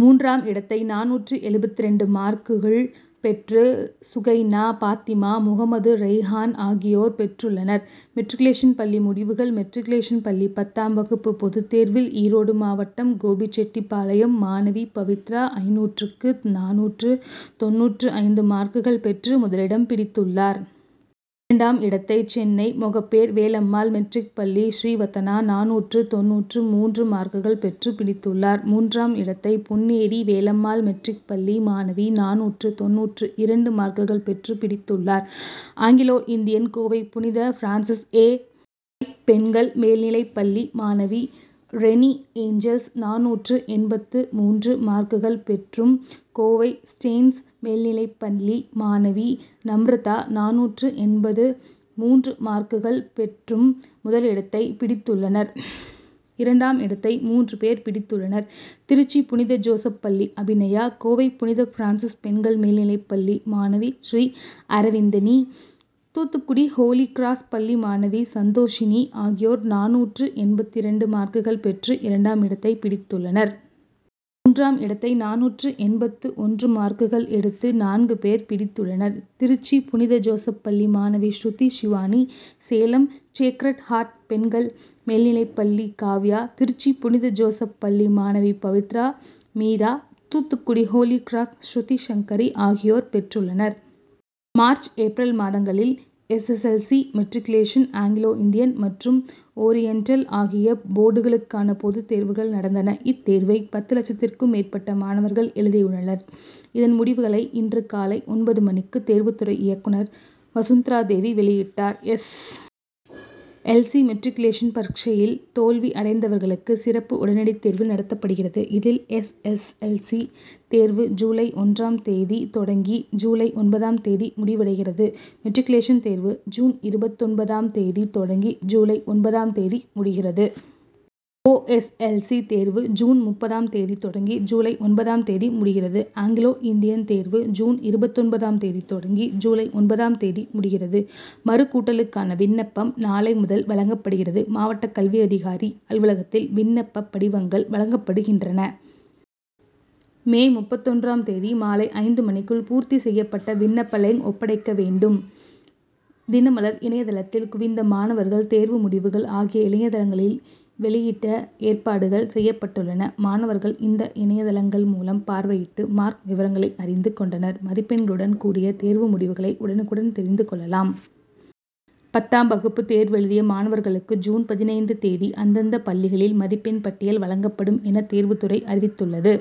மூன்றாம் இடத்தை நானூற்று எழுபத்திரண்டு மார்க்குள் பெற்று சுகைனா பாத்திமா, முகமது ரெய்ஹான் ஆகியோர் பெற்றுள்ளனர். மெட்ரிகுலேஷன் பள்ளி முடிவுகள் மெட்ரிகுலேஷன் பள்ளி பத்தாம் வகுப்பு பொதுத்தேர்வில் ஈரோடு மாவட்டம் கோபிச்செட்டிப்பாளையம் மாணவி பவித்ரா ஐந்நூறுக்கு நானூற்று தொண்ணூற்று ஐந்து மார்க்குள் பெற்று முதலிடம் பிடித்துள்ளார். இரண்டாம் இடத்தை சென்னை மொகப்பேர் வேலம்மாள் மெட்ரிக் பள்ளி ஸ்ரீவதனா நானூற்று தொண்ணூற்று மூன்று மார்க்குள் பெற்று பிடித்துள்ளார். மூன்றாம் இடத்தை பொன்னேரி வேலம்மாள் மெட்ரிக் பள்ளி மாணவி நானூற்று தொண்ணூற்று இரண்டு மார்க்குள் பெற்று பிடித்துள்ளார். ஆங்கிலோ இந்தியன் கோவை புனித பிரான்சிஸ் ஏ. ஐ., பெண்கள் மேல் நிலைப்பள்ளி மாணவி ரெணி ஏஞ்சல்ஸ் நானூற்று எண்பத்து மூன்று மார்க்குகள் பெற்றும், கோவை ஸ்டேன்ஸ் மேல்நிலைப்பள்ளி மாணவி நம்ரிதா நானூற்று எண்பத்து மூன்று மார்க்குகள் பெற்றும் முதலிடத்தைப் பிடித்துள்ளனர். இரண்டாம் இடத்தை மூன்று பேர் பிடித்துள்ளனர். திருச்சி புனித ஜோசப் பள்ளி அபிநயா, கோவை புனித பிரான்சிஸ் பெண்கள் மேல்நிலைப் பள்ளி மாணவி ஸ்ரீ அரவிந்தினி, தூத்துக்குடி ஹோலி கிராஸ் பள்ளி மாணவி சந்தோசினி ஆகியோர் நானூற்று எண்பத்திரண்டு மார்க்குகள் பெற்று இரண்டாம் இடத்தைப் பிடித்துள்ளனர். மூன்றாம் இடத்தை நானூற்று எண்பத்து ஒன்று மார்க்குகள் எடுத்து நான்கு பேர் பிடித்துள்ளனர். திருச்சி புனித ஜோசப் பள்ளி மாணவி ஸ்ருதி ஷிவானி, சேலம் சேக்ரட் ஹார்ட் பெண்கள் மேல்நிலைப் பள்ளி காவ்யா, திருச்சி புனித ஜோசப் பள்ளி மாணவி பவித்ரா மீரா, தூத்துக்குடி ஹோலி கிராஸ் ஸ்ருதி சங்கரி ஆகியோர் பெற்றுள்ளனர். மார்ச், ஏப்ரல் மாதங்களில், S. S. L. C., matriculation, Anglo Indian மற்றும் ஓரியன்டல் ஆகிய போர்டுகளுக்கான பொதுத்தேர்வுகள் நடந்தன. இத்தேர்வை, பத்து லட்சத்திற்கும் மேற்பட்ட மாணவர்கள் எழுதியுள்ளனர். இதன் முடிவுகளை, இன்று காலை ஒன்பது மணிக்கு தேர்வுத்துறை இயக்குனர் வசுந்த்ராதேவி வெளியிட்டார். எஸ். எல். சி., மெட்ரிக்குலேசன் பரீட்சையில் தோல்வி அடைந்தவர்களுக்கு சிறப்பு உடனடி தேர்வு நடத்தப்படுகிறது. இதில் எஸ். எஸ். எல். சி. தேர்வு ஜுலை ஒன்றாம் தேதி தொடங்கி ஜுலை ஒன்பதாம் தேதி முடிவடைகிறது. மெட்ரிக்குலேசன் தேர்வு ஜுன் இருபத்தொன்பதாம் தேதி தொடங்கி ஜுலை ஒன்பதாம் தேதி முடிகிறது. ஓ. எஸ். எல். சி. தேர்வு ஜுன் முப்பதாம் தேதி தொடங்கி ஜுலை ஒன்பதாம் தேதி முடிகிறது. ஆங்கிலோ இந்தியன் தேர்வு ஜுன் இருபத்தொன்பதாம் தேதி தொடங்கி ஜுலை ஒன்பதாம் தேதி முடிகிறது. மறுகூட்டலுக்கான விண்ணப்பம் நாளை முதல் வழங்கப்படுகிறது. மாவட்ட கல்வி அதிகாரி அலுவலகத்தில் விண்ணப்ப படிவங்கள் வழங்கப்படுகின்றன. மே முப்பத்தொன்றாம் தேதி மாலை ஐந்து மணிக்குள் பூர்த்தி செய்யப்பட்ட விண்ணப்பங்களை ஒப்படைக்க வேண்டும். தினமலர் இணையதளத்தில் குவிந்த மாணவர்கள் தேர்வு முடிவுகள் ஆகிய இணையதளங்களில் வெளியிட ஏற்பாடுகள் செய்யப்பட்டுள்ளன. மாணவர்கள், இந்த இணையதளங்கள் மூலம் பார்வையிட்டு மார்க் விவரங்களை அறிந்து கொண்டனர். மதிப்பெண்களுடன் கூடிய தேர்வு முடிவுகளை உடனுக்குடன் தெரிந்து கொள்ளலாம். பத்தாம் வகுப்பு தேர்வெழுதிய மாணவர்களுக்கு, ஜூன் பதினைந்து தேதி அந்தந்த பள்ளிகளில் மதிப்பெண் பட்டியல் வழங்கப்படும் என, தேர்வுத்துறை அறிவித்துள்ளது.